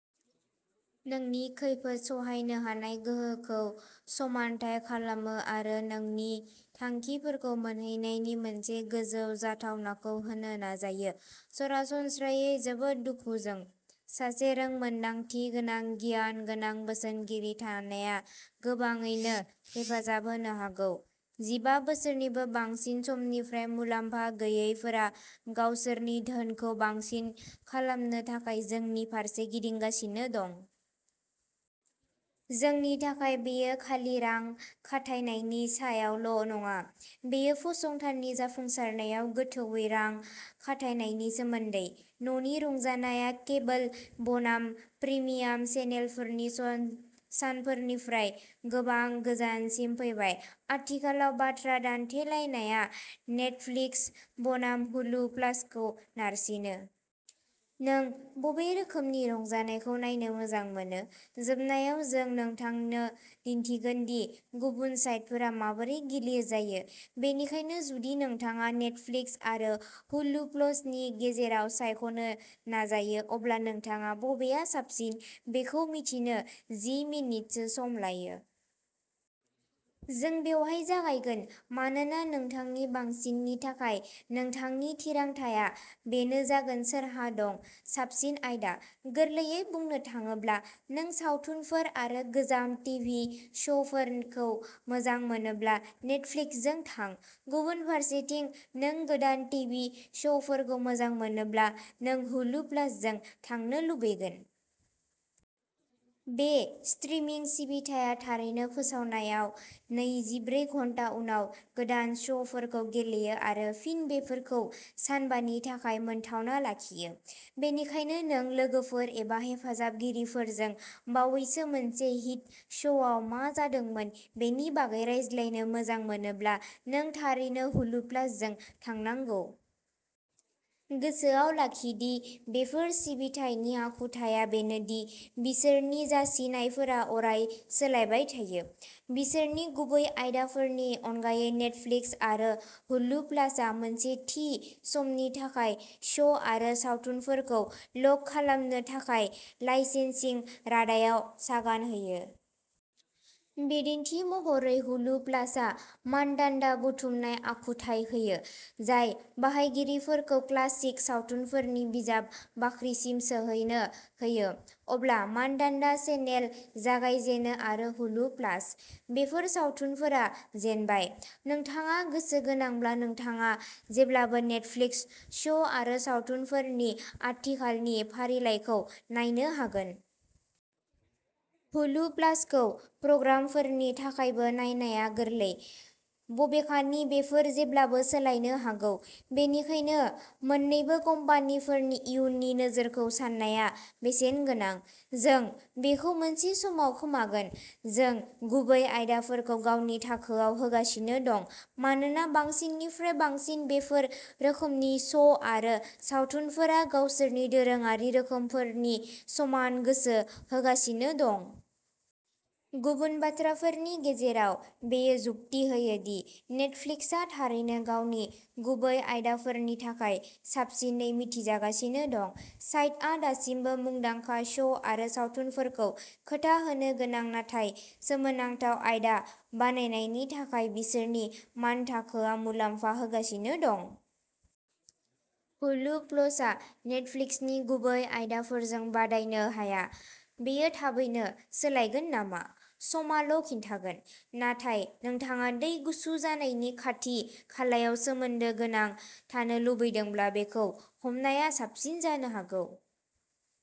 नोंनि खैफोद सहायनो हानाय गोहोखौ समानथाय खालामो आरो नोंनि थांखिफोरखौ मोनहैनायनि मोनसे गोजौ जाथावनाखौ होनो नाजायो। सरासनस्रायै जोबोद दुखुजों। सासे रोंमोन्दांथिगोनां गियानगोनां बोसोनगिरि थानाया गोबाङैनो हेफाजाब होनो हागौ। जिबा बोसोरनिबो बांसिन समनिफ्राय मुलाम्फा गैयैफोरा गावसोरनि धोनखौ बांसिन खालामनो थाखाय जोंनि फारसे गिदिंगासिनो दं। जोंनि थाखाय बेयो खालि रां खाथायनायनि सायावल' नङा। बेयो फसंथाननि जाफुंसारनायाव गोथौवै रां खाथायनायनि सोमोन्दै। न'नि रंजानायआ केबोल बनाम प्रिमियाम चेनेलफोरनि सानफोरनिफ्राय गोबां गोजानसिम फैबाय। आथिखालाव बाथ्रा दान्थेलायनाया नेटफ्लिक्स बनाम हुलु प्लासखौ नारसिनो। नों बबे रोखोमनि रंजानायखौ नायनो मोजां मोनो? जोबनायाव जों नोंथांनो दिन्थिगोन दि गुबुन साइटफोरा माबोरै गिलिर जायो। बेनिखायनो जुदि नोंथाङा नेटफ्लिक्स आरो हुलु प्लसनि गेजेराव सायख'नो नाजायो अब्ला नोंथाङा बबेआ साबसिन बेखौ मिथिनो जि मिनिटसो सम लायो। जों बेवहाय जागायगोन मानोना नोंथांनि बांसिननि थाखाय नोंथांनि थिरांथाआ बेनो जागोन सोरहा दं? साबसिन आयदा? गोरलैयै बुंनो थाङोब्ला नों सावथुनफोर आरो गोजाम टिभि श'फोरखौ मोजां मोनोब्ला नेटफ्लिक्सजों थां। गुबुन फारसेथिं नों गोदान टिभि श'फोरखौ मोजां मोनोब्ला नों हुलु प्लासजों थांनो लुबैगोन। बे स्ट्रिमिं सिबिथाया थारैनो फोसावनाय नैजिब्रै घन्टा उनाव गोदान श'फोरखौ गेलेयो आरो फिन बेफोरखौ सानबानि थाखाय मोनथावना लाखियो। बेनिखायनो नों लोगोफोर एबा हेफाजाबगिरिफोरजों बावैसो मोनसे हिट श'आव मा जादोंमोन बेनि बागै रायज्लायनो मोजां मोनोब्ला नों थारैनो हुलु प्लासजों थांनांगौ। गोसोआव लाखि दि बेफोर सिबिथायनि आखुथाया बेनो दि बिसोरनि जासिनायफोरा अराय सोलायबाय थायो। बिसोरनि गुबै आयदाफोरनि अनगायै नेटफ्लिक्स आरो हुलु प्लासआ मोनसे थि समनि थाखाय श'आरो सावथुनफोरखौ लक खालामनो थाखाय लाइसेन्सिं रादायाव सागान होयो। बिदिन्थि महरै हुलु प्लासआ मानदान्दा बुथुमनाय आखुथाय होयो। जाय बाहायगिरिफोरखौ क्लासिक सावथुनफोरनि बिजाब बाख्रिसिम सौहैनो होयो। अब्ला मानदान्दा चेनेल जागायजेनो आरो हुलु प्लास। बेफोर सावथुनफोरा जेनबाय। नोंथाङा गोसोगोनांब्ला नोंथाङा जेब्लाबो नेटफ्लिक्स श'आरो सावथुनफोरनि आथिखालनि फारिलाइखौ नायनो हागोन। हुलु प्लासखौ प्रग्रामफोरनि थाखायबो नायनाया गोरलै। बबेखानि बेफोर जेब्लाबो सोलायनो हागौ। बेनिखायनो मोननैबो कम्पानिफोरनि इयुननि नोजोरखौ साननाया बेसेनगोनां। जों बेखौ मोनसे समाव खोमागोन। जों गुबै आयदाफोरखौ गावनि थाखोयाव होगासिनो दं मानोना बांसिननिफ्राय बांसिन बेफोर रोखोमनि श' आरो सावथुनफोरा गावसोरनि दोरोङारि रोखोमसेफोरनि समान गोसो होगासिनो दं। गुबुन बाथ्राफोरनि गेजेराव बेयो जुक्ति होयो दि नेटफ्लिक्सआ थारैनो गावनि गुबै आयदाफोरनि थाखाय साबसिनै मिथिजागासिनो दं। साइटआ दासिमबो मुंदांखा श' आरो सावथुनफोरखौ खोथा होनो गोनां नाथाय सोमोनांथाव आयदा बानायनायनि थाखाय बिसोरनि मानथाखोआ मुलाम्फा होगासिनो दं। हुलु प्लसआ नेटफ्लिक्सनि गुबै आयदाफोरजों बादायनो हाया। बेयो थाबैनो सोलायगोन नामा? समाल' खिन्थागोन। नाथाय नोंथाङा दै गुसु जानायनि खाथि खालायाव सोमोन्दो गोनां थानो लुबैदोंब्ला बेखौ हमनाया साबसिन जानो हागौ।